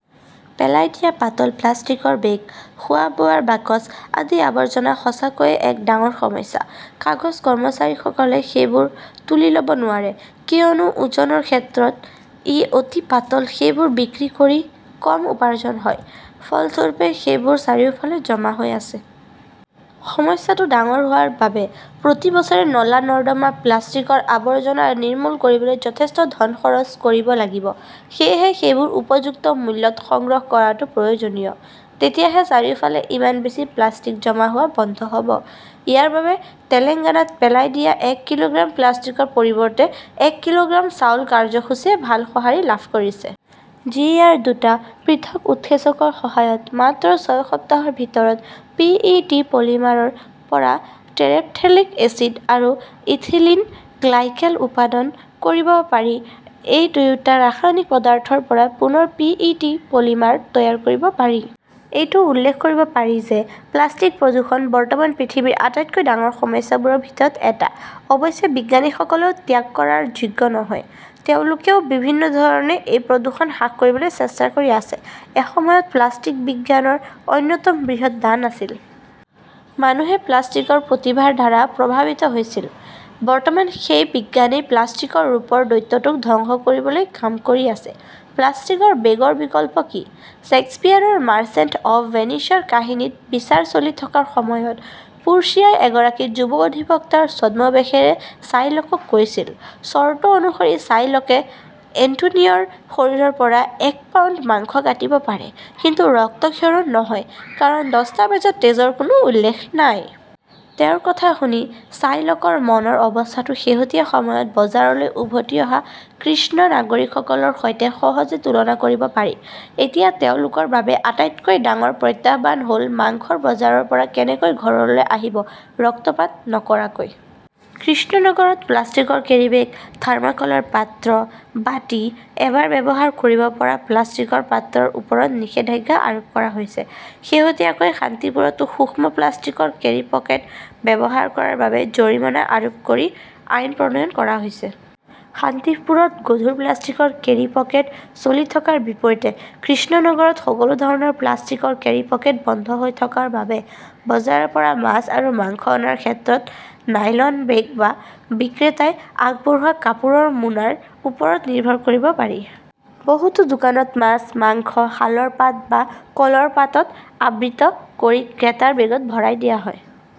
পেলাই দিয়া পাতল প্লাষ্টিকৰ বেগ, খোৱা-বোৱাৰ বাকচ আদি আৱৰ্জনা সঁচাকৈয়ে এক ডাঙৰ সমস্যা। কাগজ-কৰ্মচাৰীসকলে সেইবোৰ তুলি ল'ব নোৱাৰে, কিয়নো ওজনৰ ক্ষেত্ৰত ই অতি পাতল সেইবোৰ বিক্ৰী কৰি কম উপাৰ্জন হয়। ফলস্বৰূপে সেইবোৰ চাৰিওফালে জমা হৈ আছে। সমস্যাটো ডাঙৰ হোৱাৰ বাবে প্ৰতি বছৰে নলা-নৰ্দমা প্লাষ্টিকৰ আৱৰ্জনা নিৰ্মূল কৰিবলৈ যথেষ্ট ধন খৰচ কৰিব লাগিব, সেয়েহে সেইবোৰ উপযুক্ত মূল্যত সংগ্ৰহ কৰাটো প্ৰয়োজনীয়। তেতিয়াহে চাৰিওফালে ইমান বেছি প্লাষ্টিক জমা হোৱা বন্ধ হ'ব। ইয়াৰ বাবেই তেলেংগানাত পেলাই দিয়া এক কিলোগ্ৰাম প্লাষ্টিকৰ পৰিৱৰ্তে এক কিলোগ্ৰাম চাউল কাৰ্যসূচীয়ে ভাল সঁহাৰি লাভ কৰিছে। যি ইয়াৰ দুটা পৃথক উৎসেচকৰ সহায়ত মাত্ৰ ছয় সপ্তাহৰ ভিতৰত পি. ই. টি. পলিমাৰৰ পৰা টেৰেপথেলিক এচিড আৰু ইথিলিন গ্লাইকেল উৎপাদন কৰিব পাৰে। এই দুয়োটা ৰাসায়নিক পদাৰ্থৰ পৰা পুনৰ পি. ই. টি. পলিমাৰ তৈয়াৰ কৰিব পাৰি। এইটো উল্লেখ কৰিব পাৰি যে প্লাষ্টিক প্ৰদূষণ বৰ্তমান পৃথিৱীৰ আটাইতকৈ ডাঙৰ সমস্যাবোৰৰ ভিতৰত এটা। অৱশ্যে, বিজ্ঞানীসকলেও ত্যাগ কৰাৰ যোগ্য নহয়। তেওঁলোকেও বিভিন্ন ধৰণে এই প্ৰদূষণ হ্ৰাস কৰিবলৈ চেষ্টা কৰি আছে। এসময়ত প্লাষ্টিক বিজ্ঞানৰ অন্যতম বৃহৎ দান আছিল। মানুহে প্লাষ্টিকৰ প্ৰতিভাৰ দ্বাৰা প্ৰভাৱিত হৈছিল। বৰ্তমান সেই বিজ্ঞানেই প্লাষ্টিকৰ ৰূপৰ দৈত্যটোক ধ্বংস কৰিবলৈ কাম কৰি আছে। প্লাষ্টিকৰ বেগৰ বিকল্প কি? শ্বেক্সপীয়াৰৰ মাৰ্চেণ্ট অৱ ভেনিচৰ কাহিনীত বিচাৰ চলি থকাৰ সময়ত পোৰ্চিয়াই এগৰাকী যুৱ অধিবক্তাৰ ছদ্মবেশেৰে শ্বাইলকক কৈছিল, চৰ্ত অনুসৰি শ্বাইলকে এন্টোনিঅৰ শৰীৰৰ পৰা এক পাউণ্ড মাংস কাটিব পাৰে, কিন্তু ৰক্তক্ষৰণ নহয়, কাৰণ দস্তাবেজত তেজৰ কোনো উল্লেখ নাই। তেওঁৰ কথা শুনি শ্বাইলকৰ মনৰ অৱস্থাটো শেহতীয়া সময়ত বজাৰলৈ উভতি অহা কৃষ্ণ নাগৰিকসকলৰ সৈতে সহজে তুলনা কৰিব পাৰি। এতিয়া তেওঁলোকৰ বাবে আটাইতকৈ ডাঙৰ প্ৰত্যাহ্বান হ'ল মাংসৰ বজাৰৰ পৰা কেনেকৈ ঘৰলৈ আহিব ৰক্তপাত নকৰাকৈ। কৃষ্ণনগৰত প্লাষ্টিকৰ কেৰীবেগ, থাৰ্ম কলৰ পাত্ৰ, বাটি, এবাৰ ব্যৱহাৰ কৰিব পৰা প্লাষ্টিকৰ পাত্ৰৰ ওপৰত নিষেধাজ্ঞা আৰোপ কৰা হৈছে। শেহতীয়াকৈ শান্তিপুৰতো সূক্ষ্ম প্লাষ্টিকৰ কেৰিপকেট ব্যৱহাৰ কৰাৰ বাবে জৰিমনা আৰোপ কৰি আইন প্ৰণয়ন কৰা হৈছে। শান্তিপুৰত গধুৰ প্লাষ্টিকৰ কেৰিপকেট চলি থকাৰ বিপৰীতে কৃষ্ণনগৰত সকলো ধৰণৰ প্লাষ্টিকৰ কেৰিপকেট বন্ধ হৈ থকাৰ বাবে বজাৰৰ পৰা মাছ আৰু মাংস অনাৰ ক্ষেত্ৰত নাইলন বেগ বা বিক্ৰেতাই আগবঢ়োৱা কাপোৰৰ মোনাৰ ওপৰত নিৰ্ভৰ কৰিব পাৰি। বহুতো দোকানত মাছ, মাংস শালৰ পাত বা কলৰ পাতত আবৃত কৰি ক্ৰেতাৰ বেগত ভৰাই দিয়া হয়।